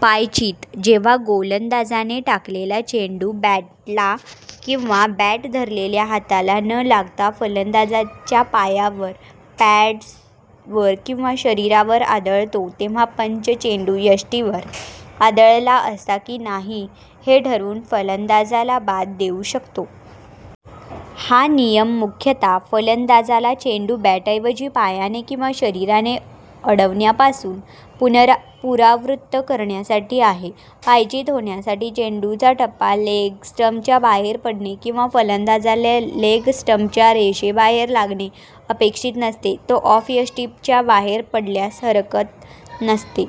पायचीत: जेव्हा गोलंदाजाने टाकलेला चेंडू बॅटला किंवा बॅट धरलेल्या हाताला न लागता फलंदाजाच्या पायावर, पॅड्जवर किंवा शरीरावर आदळतो तेव्हा पंच चेंडू यष्टींवर आदळला असता की नाही हे ठरवून फलंदाजाला बाद देऊ शकतो. हा नियम मुख्यतः फलंदाजाला चेंडू बॅटऐवजी पायाने किंवा शरीराने अडवण्यापासून परावृत्त करण्यासाठी आहे. पायचीत होण्यासाठी, चेंडूचा टप्पा लेग स्टंपच्या बाहेर पडणे किंवा फलंदाजाला लेग-स्टंपच्या रेषेबाहेर लागणे अपेक्षित नसते. तो ऑफ-यष्टीच्या बाहेर पडल्यास हरकत नसते.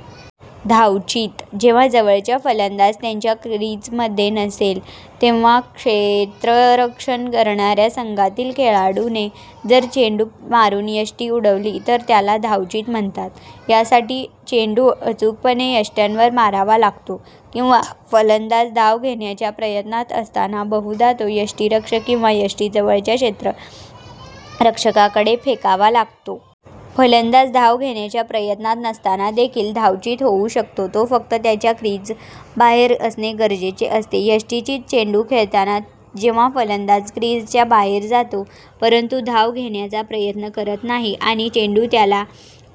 धावचीत: जेव्हा जवळचा फलंदाज त्याच्या क्रिजमध्ये नसेल, तेव्हा क्षेत्ररक्षण करणाऱ्या संघातील खेळाडूने जर चेंडू मारून यष्टी उडवली तर त्याला धावचीत म्हणतात. ह्यासाठी चेंडू अचूकपणे यष्ट्यांवर मारावा लागतो, किंवा फलंदाज धाव घेण्याच्या प्रयत्नात असताना, बहुधा तो यष्टिरक्षक किंवा यष्टीजवळच्या क्षेत्ररक्षकाकडे फेकावा लागतो. फलंदाज धाव घेण्याच्या प्रयत्नात नसताना देखील "धावचीत" होवू शकतो; तो फक्त त्याच्या क्रिजबाहेर असणे गरजेचे असते. यष्टिचीत: चेंडू खेळतांना जेव्हा फलंदाज क्रिजच्या बाहेर जातो, परंतु धाव घेण्याचा प्रयत्न करत नाही आणि चेंडू त्याला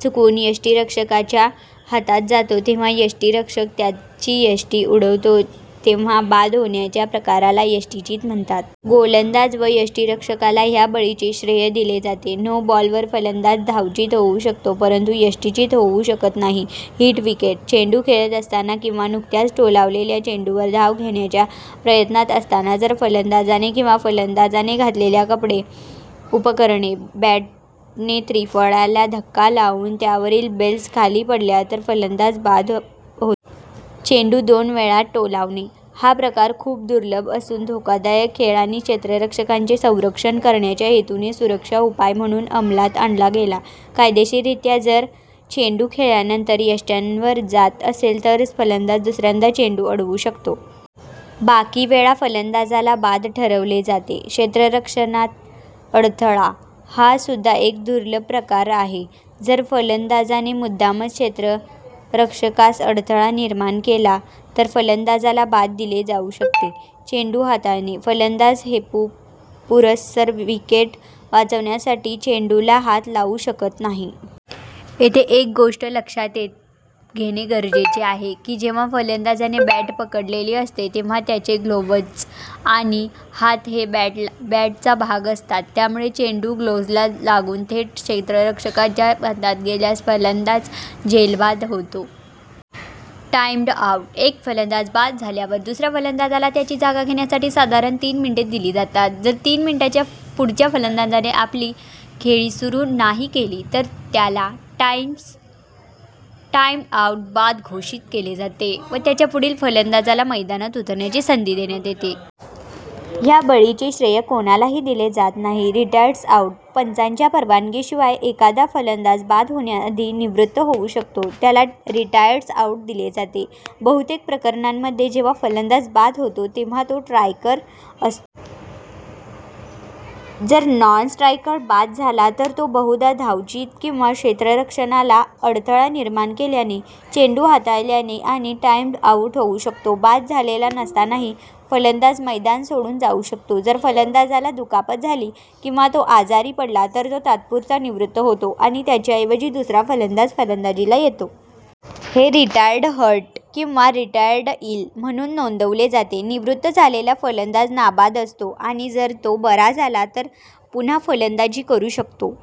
चकवून यष्टिरक्षकाच्या हातात जातो तेव्हा यष्टिरक्षक त्याची यष्टी उडवतो तेव्हा, बाद होण्याच्या प्रकाराला यष्टिचीत म्हणतात. गोलंदाज व यष्टीरक्षकाला ह्या बळीचे श्रेय दिले जाते. नो बॉल वर फलंदाज धावचीत होवू शकतो परंतु यष्टिचीत होऊ शकत नाही. हिट विकेट: चेंडू खेळत असताना किंवा नुकत्याच टोलावलेल्या चेंडूवर धाव घेण्याच्या प्रयत्नात असताना, जर फलंदाजाने किंवा फलंदाजाने घातलेल्या कपडे, उपकरणे, बॅटने त्रिफळ्याला धक्का लागून त्यावरील बेल्स खाली पडल्या तर फलंदाज बाद होतो. चेंडू दोन वेळा टोलावणे: हा प्रकार खूप दुर्लभ असून, धोकादायक खेळ आणि क्षेत्ररक्षकांचे संरक्षण करण्याच्या हेतूने सुरक्षा उपाय म्हणून अंमलात आणला गेला. कायदेशीररित्या जर चेंडू खेळल्यानंतर, यष्ट्यांवर जात असेल तरच फलंदाज दुसऱ्यांदा चेंडू अडवू शकतो. बाकीवेळा फलंदाजाला बाद ठरवले जाते. क्षेत्ररक्षणात अडथळा: हा सुद्धा एक दुर्लभ प्रकार आहे. जर फलंदाजाने मुद्दामच क्षेत्ररक्षकास अडथळा निर्माण केला तर फलंदाजाला बाद दिले जाऊ शकते. चेंडू हाताळणे: फलंदाज हेतुपुरस्सर विकेट वाचवण्यासाठी चेंडूला हात लावू शकत नाही. येथे एक गोष्ट लक्षात घेणे गरजेचे आहे, की जेव्हा फलंदाजाने बॅट पकडलेली असते तेव्हा त्याचे ग्लोव्हज किंवा हात हे बॅटचा भाग असतात, त्यामुळे चेंडू ग्लोव्हजला लागून थेट क्षेत्ररक्षकाच्या हातात गेल्यास फलंदाज झेलबाद होतो. टाईम्ड आऊट: एक फलंदाज बाद झाल्यावर दुसऱ्या फलंदाजाला त्याची जागा घेण्यासाठी साधारण तीन मिनिटे दिली जातात. जर तीन मिनिटात पुढच्या फलंदाजाने आपली खेळी सुरू नाही केली तर त्याला टाईम्ड आउट बाद घोषित केले जाते व त्याच्या पुढील फलंदाजाला मैदानात उतरण्याची संधी देण्यात येते. ह्या बळीचे श्रेय कोणालाही दिले जात नाही.. रिटायर्ड आउट: पंचांच्या परवानगीशिवाय एखादा फलंदाज बाद होण्याआधी निवृत्त होऊ शकतो, त्याला रिटायर्ड आऊट दिले जाते. बहुतेक प्रकरणांमध्ये जेव्हा फलंदाज बाद होतो, तेव्हा तो स्ट्रायकर असतो. जर नॉन-स्ट्रायकर बाद झाला तर तो बहुधा धावचीत किंवा क्षेत्ररक्षणाला अडथळा निर्माण केल्याने, चेंडू हाताळल्याने आणि टाईम्ड आऊट होऊ शकतो. बाद झालेला नसतानाही फलंदाज मैदान सोडून जाऊ शकतो. जर फलंदाजाला दुखापत झाली किंवा तो आजारी पडला, तर तो तात्पुरता निवृत्त होतो आणि त्याच्याऐवजी दुसरा फलंदाज फलंदाजीला येतो. हे रिटायर्ड हर्ट किंवा रिटायर्ड इल म्हणून नोंदवले जाते. निवृत्त झालेला फलंदाज नाबाद असतो आणि जर तो बरा झाला तर पुन्हा फलंदाजी करू शकतो.